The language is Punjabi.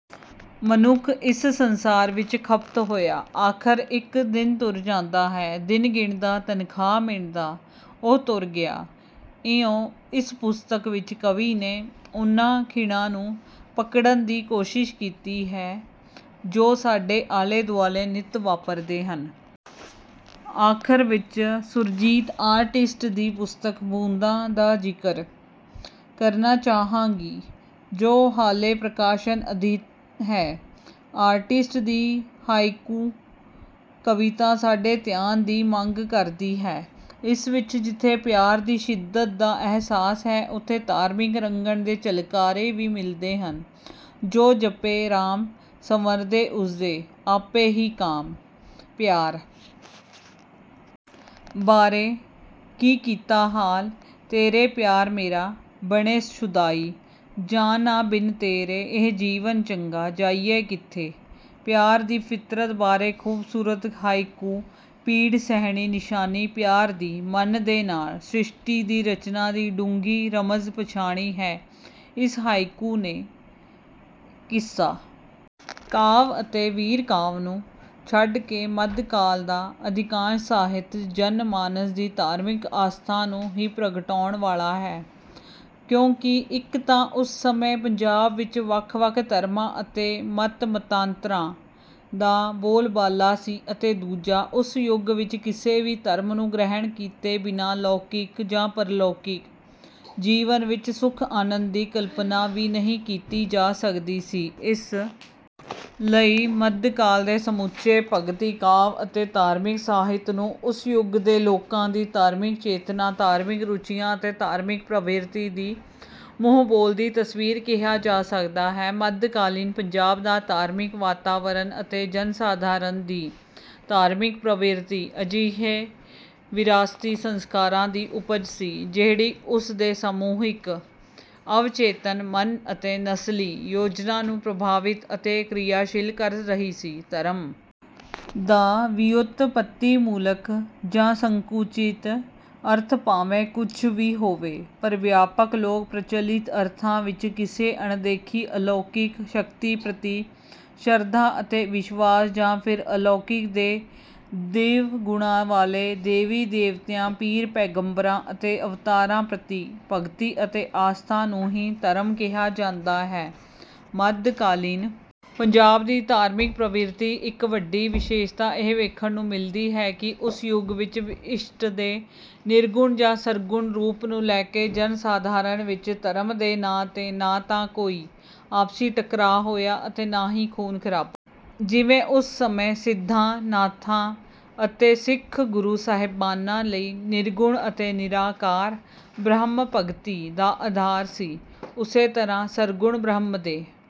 ਮਨੁੱਖ ਇਸ ਸੰਸਾਰ ਵਿੱਚ ਖ਼ਪਤ ਹੋਇਆ ਆਖ਼ਰ ਇੱਕ ਦਿਨ ਤੁਰ ਜਾਂਦਾ ਹੈ: "ਦਿਨ ਗਿਣਦਾ, ਤਨਖਾਹ ਮਿਣਦਾ, ਉਹ ਤੁਰ ਗਿਆ।"ਇਉਂ ਇਸ ਪੁਸਤਕ ਵਿੱਚ ਕਵੀ ਨੇ ਉਨ੍ਹਾਂ ਖਿਣਾਂ ਨੂੰ ਪਕੜਨ ਦੀ ਕੋਸ਼ਿਸ਼ ਕੀਤੀ ਹੈ ਜੋ ਸਾਡੇ ਆਲੇ-ਦੁਆਲੇ ਨਿੱਤ ਵਾਪਰਦੇ ਹਨ। ਆਖ਼ਰ ਵਿੱਚ ਸੁਰਜੀਤ ਆਰਟਿਸਟ ਦੀ ਪੁਸਤਕ 'ਬੂੰਦਾਂ' ਦਾ ਜ਼ਿਕਰ ਕਰਨਾ ਚਾਹਾਂਗੀ, ਜੋ ਹਾਲੇ ਪ੍ਰਕਾਸ਼ਨ ਅਧੀਨ ਹੈ। ਆਰਟਿਸਟ ਦੀ ਹਾਇਕੂ ਕਵਿਤਾ ਸਾਡੇ ਧਿਆਨ ਦੀ ਮੰਗ ਕਰਦੀ ਹੈ। ਇਸ ਵਿੱਚ ਜਿੱਥੇ ਪਿਆਰ ਦੀ ਸ਼ਿੱਦਤ ਦਾ ਅਹਿਸਾਸ ਹੈ, ਉੱਥੇ ਧਾਰਮਿਕ ਰੰਗਣ ਦੇ ਝਲਕਾਰੇ ਵੀ ਮਿਲਦੇ ਹਨ:"ਜੋ ਜਪੇ ਰਾਮ, ਸੰਵਰਦੇ ਉਸਦੇ, ਆਪੇ ਹੀ ਕਾਮ।"ਪਿਆਰ ਬਾਰੇ:"ਕੀ ਕੀਤਾ ਹਾਲ? ਤੇਰੇ ਪਿਆਰ ਮੇਰਾ, ਬਣੇ ਸ਼ੁਦਾਈ।""ਜਾਂ ਨਾ ਬਿਨ ਤੇਰੇ, ਇਹ ਜੀਵਨ ਚੰਗਾ, ਜਾਈਏ ਕਿੱਥੇ? ਪਿਆਰ ਦੀ ਫ਼ਿਤਰਤ ਬਾਰੇ ਖੂਬਸੂਰਤ ਹਾਇਕੂ:"ਪੀੜ ਸਹਿਣੀ, ਨਿਸ਼ਾਨੀ ਪਿਆਰ ਦੀ, ਮਨ ਦੇ ਨਾਲ।"ਸ਼੍ਰਿਸ਼ਟੀ ਦੀ ਰਚਨਾ ਦੀ ਡੂੰਘੀ ਰਮਜ਼ ਪਛਾਣੀ ਹੈ ਇਸ ਹਾਇਕੂ ਨੇ। ਕਿੱਸਾ ਕਾਵਿ ਅਤੇ ਵੀਰ ਕਾਵਿ ਨੂੰ ਛੱਡ ਕੇ ਮੱਧ ਕਾਲ ਦਾ ਅਧਿਕਾਂਸ਼ ਸਾਹਿਤ ਜਨ-ਮਾਨਸ ਦੀ ਧਾਰਮਿਕ ਆਸਥਾ ਨੂੰ ਹੀ ਪ੍ਰਗਟਾਉਣ ਵਾਲਾ ਹੈ, ਕਿਉਂਕਿ ਇੱਕ ਤਾਂ ਉਸ ਸਮੇਂ ਪੰਜਾਬ ਵਿੱਚ ਵੱਖ-ਵੱਖ ਧਰਮਾਂ ਅਤੇ ਮਤ-ਮਤਾਂਤਰਾਂ ਦਾ ਬੋਲਬਾਲਾ ਸੀ ਅਤੇ ਦੂਜਾ, ਉਸ ਯੁੱਗ ਵਿੱਚ ਕਿਸੇ ਵੀ ਧਰਮ ਨੂੰ ਗ੍ਰਹਿਣ ਕੀਤੇ ਬਿਨਾਂ ਲੌਕਿਕ ਜਾਂ ਪਰਲੌਕਿਕ ਜੀਵਨ ਵਿੱਚ ਸੁਖ-ਆਨੰਦ ਦੀ ਕਲਪਨਾ ਵੀ ਨਹੀਂ ਕੀਤੀ ਜਾ ਸਕਦੀ ਸੀ। ਇਸ ਲਈ ਮੱਧ ਕਾਲ ਦੇ ਸਮੁੱਚੇ ਭਗਤੀ ਕਾਵਿ ਅਤੇ ਧਾਰਮਿਕ ਸਾਹਿਤ ਨੂੰ ਉਸ ਯੁੱਗ ਦੇ ਲੋਕਾਂ ਦੀ ਧਾਰਮਿਕ ਚੇਤਨਾ, ਧਾਰਮਿਕ ਰੁਚੀਆਂ ਅਤੇ ਧਾਰਮਿਕ ਪ੍ਰਵਿਰਤੀ ਦੀ ਮੂੰਹ-ਬੋਲਦੀ ਤਸਵੀਰ ਕਿਹਾ ਜਾ ਸਕਦਾ ਹੈ। ਮੱਧਕਾਲੀਨ ਪੰਜਾਬ ਦਾ ਧਾਰਮਿਕ ਵਾਤਾਵਰਨ ਅਤੇ ਜਨ-ਸਾਧਾਰਨ ਦੀ ਧਾਰਮਿਕ ਪ੍ਰਵਿਰਤੀ ਅਜਿਹੇ ਵਿਰਾਸਤੀ ਸੰਸਕਾਰਾਂ ਦੀ ਉਪਜ ਸੀ, ਜਿਹੜੀ ਉਸ ਦੇ ਸਮੂਹਿਕ ਅਵਚੇਤਨ ਮਨ ਅਤੇ ਨਸਲੀ ਯੋਜਨਾ ਨੂੰ ਪ੍ਰਭਾਵਿਤ ਅਤੇ ਕ੍ਰਿਆਸ਼ੀਲ ਕਰ ਰਹੀ ਸੀ। ਧਰਮ ਦਾ ਵਿਉਤਪੱਤੀਮੂਲਕ ਜਾਂ ਸੰਕੁਚਿਤ ਅਰਥ ਭਾਵੇਂ ਕੁਝ ਵੀ ਹੋਵੇ, ਪਰ ਵਿਆਪਕ ਲੋਕ-ਪ੍ਰਚਲਿਤ ਅਰਥਾਂ ਵਿੱਚ ਕਿਸੇ ਅਣਦੇਖੀ ਅਲੌਕਿਕ ਸ਼ਕਤੀ ਪ੍ਰਤੀ ਸ਼ਰਧਾ ਅਤੇ ਵਿਸ਼ਵਾਸ, ਜਾਂ ਫਿਰ ਅਲੌਕਿਕ ਤੇ ਦਿਵ ਗੁਣਾਂ ਵਾਲੇ ਦੇਵੀ-ਦੇਵਤਿਆਂ, ਪੀਰ-ਪੈਗੰਬਰਾਂ ਅਤੇ ਅਵਤਾਰਾਂ ਪ੍ਰਤੀ ਭਗਤੀ ਅਤੇ ਆਸਥਾ ਨੂੰ ਹੀ ਧਰਮ ਕਿਹਾ ਜਾਂਦਾ ਹੈ। ਮੱਧਕਾਲੀਨ ਪੰਜਾਬ ਦੀ ਧਾਰਮਿਕ ਪ੍ਰਵਿਰਤੀ ਦੀ ਇੱਕ ਵੱਡੀ ਵਿਸ਼ੇਸ਼ਤਾ ਇਹ ਵੇਖਣ ਨੂੰ ਮਿਲਦੀ ਹੈ ਕਿ ਉਸ ਯੁੱਗ ਵਿੱਚ ਇਸ਼ਟ ਦੇ ਨਿਰਗੁਣ ਜਾਂ ਸਰਗੁਣ ਰੂਪ ਨੂੰ ਲੈ ਕੇ ਜਨ-ਸਾਧਾਰਨ ਵਿੱਚ ਧਰਮ ਦੇ ਨਾਂ 'ਤੇ ਨਾ ਤਾਂ ਕੋਈ ਆਪਸੀ ਟਕਰਾਅ ਹੋਇਆ ਅਤੇ ਨਾ ਹੀ ਖ਼ੂਨ-ਖ਼ਰਾਬਾ। ਜਿਵੇਂ ਉਸ ਸਮੇਂ ਸਿੱਧਾਂ-ਨਾਥਾਂ ਅਤੇ ਸਿੱਖ ਗੁਰੂ ਸਾਹਿਬਾਨਾਂ ਲਈ ਨਿਰਗੁਣ ਅਤੇ ਨਿਰਾਕਾਰ ਬ੍ਰਹਮ ਭਗਤੀ ਦਾ ਅਧਾਰ ਸੀ, ਉਸੇ ਤਰ੍ਹਾਂ ਸਰਗੁਣ ਬ੍ਰਹਮ ਦੇ..